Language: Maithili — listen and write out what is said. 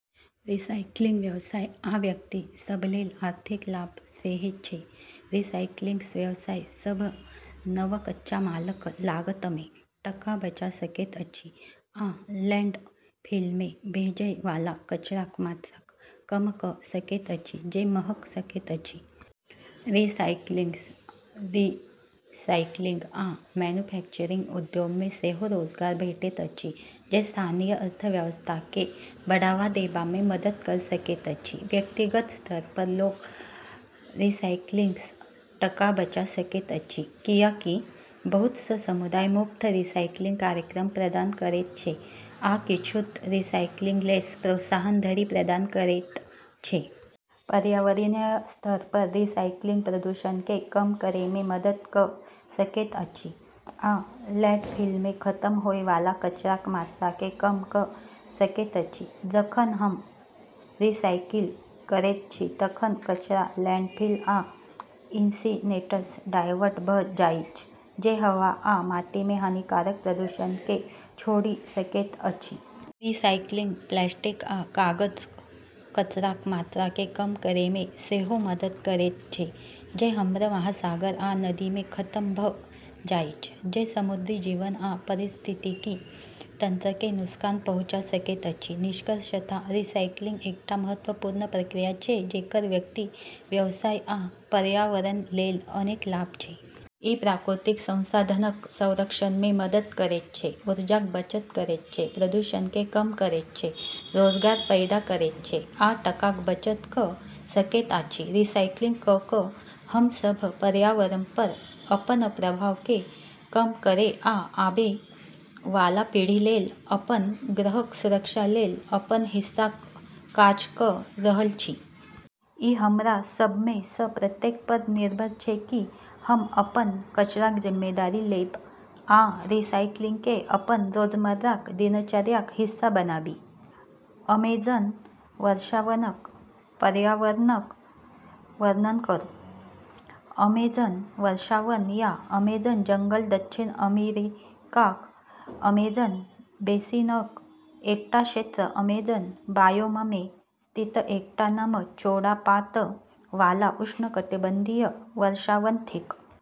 रिसाइकिलिंगसँ व्यवसाय आ व्यक्ति सभलेल आर्थिक लाभ सेहो छै। रिसाइकिलिंगसँ व्यवसाय सभ नव कच्चा मालक लागतमे टका बचा सकैत अछि, आ लैंडफिलमे भेजय वाला कचराक मात्राकेँ कम कऽ सकैत अछि, जे महग भऽ सकैत अछि। रिसाइकिलिंगसँ रीसाइक्लिंग आ मैन्युफैक्चरिंग उद्योगमे सेहो रोजगार भेटैत अछि, जे स्थानीय अर्थव्यवस्थाकेँ बढ़ावा देबामे मदद कऽ सकैत अछि। व्यक्तिगत स्तरपर लोक रिसाइकिलिंगसँ टका बचा सकैत अछि, कियाकि बहुत सँ समुदाय मुफ्त रीसाइक्लिंग कार्यक्रम प्रदान करैत छै, आ किछु तँ रिसाइकिलिंगलेल प्रोत्साहन धरि प्रदान करैत छै। पर्यावरणीय स्तरपर रिसाइकिलिंग प्रदूषणकेँ कम करैमे मदद कऽ सकैत अछि आ लैंडफिलमे खतम होय वाला कचराक मात्राकेँ कम कऽ सकैत अछि। जखन हम रिसाइकिल करैत छी तखन कचरा लैंडफिल आ इंसिनेटरसँ डायवर्ट भऽ जाइछ, जे हवा आ माटीमे हानिकारक प्रदूषककेँ छोड़ि सकैत अछि। रिसाइकिलिंग प्लास्टिक आ कागजक कचराक मात्राकेँ कम करैमे सेहो मदद करैत छै जे हमर महासागर आ नदीमे खतम भऽ जाइछ, जे समुद्री जीवन आ पारिस्थितिकी तंत्रकेँ नुकसान पहुँचा सकैत अछि। निष्कर्षतः, रीसाइक्लिंग एकटा महत्वपूर्ण प्रक्रिया छै जेकर व्यक्ति, व्यवसाय आ पर्यावरणलेल अनेक लाभ छै। ई प्राकृतिक संसाधनक संरक्षणमे मदद करैत छै, ऊर्जाक बचत करैत छै, प्रदूषणकेँ कम करैत छै, रोजगार पैदा करैत छै, आ टकाक बचत कऽ सकैत अछि। रिसाइकिलिंग कऽ कऽ हम सभ पर्यावरणपर अपन प्रभावकेँ कम करै आ आबै वाला पीढ़ीलेल अपन ग्रहक सुरक्षालेल अपन हिस्साक काज कऽ रहल छी। ई हमरा सभमे सँ प्रत्येकपर निर्भर छै कि हम अपन कचराक जिम्मेदारी लेब आ रिसाइकिलिंगकेँ अपन रोजमर्राक दिनचर्याक हिस्सा बनाबी। अमेजन वर्षावनक पर्यावरणक वर्णन करू। अमेजन वर्षावन या अमेजन जंगल दक्षिण अमेरिकाक अमेजन बेसिनक एकटा क्षेत्र अमेजन बायोममे स्थित एकटा नम चौड़ा पात वाला उष्णकटिबंधीय वर्षावन थिक।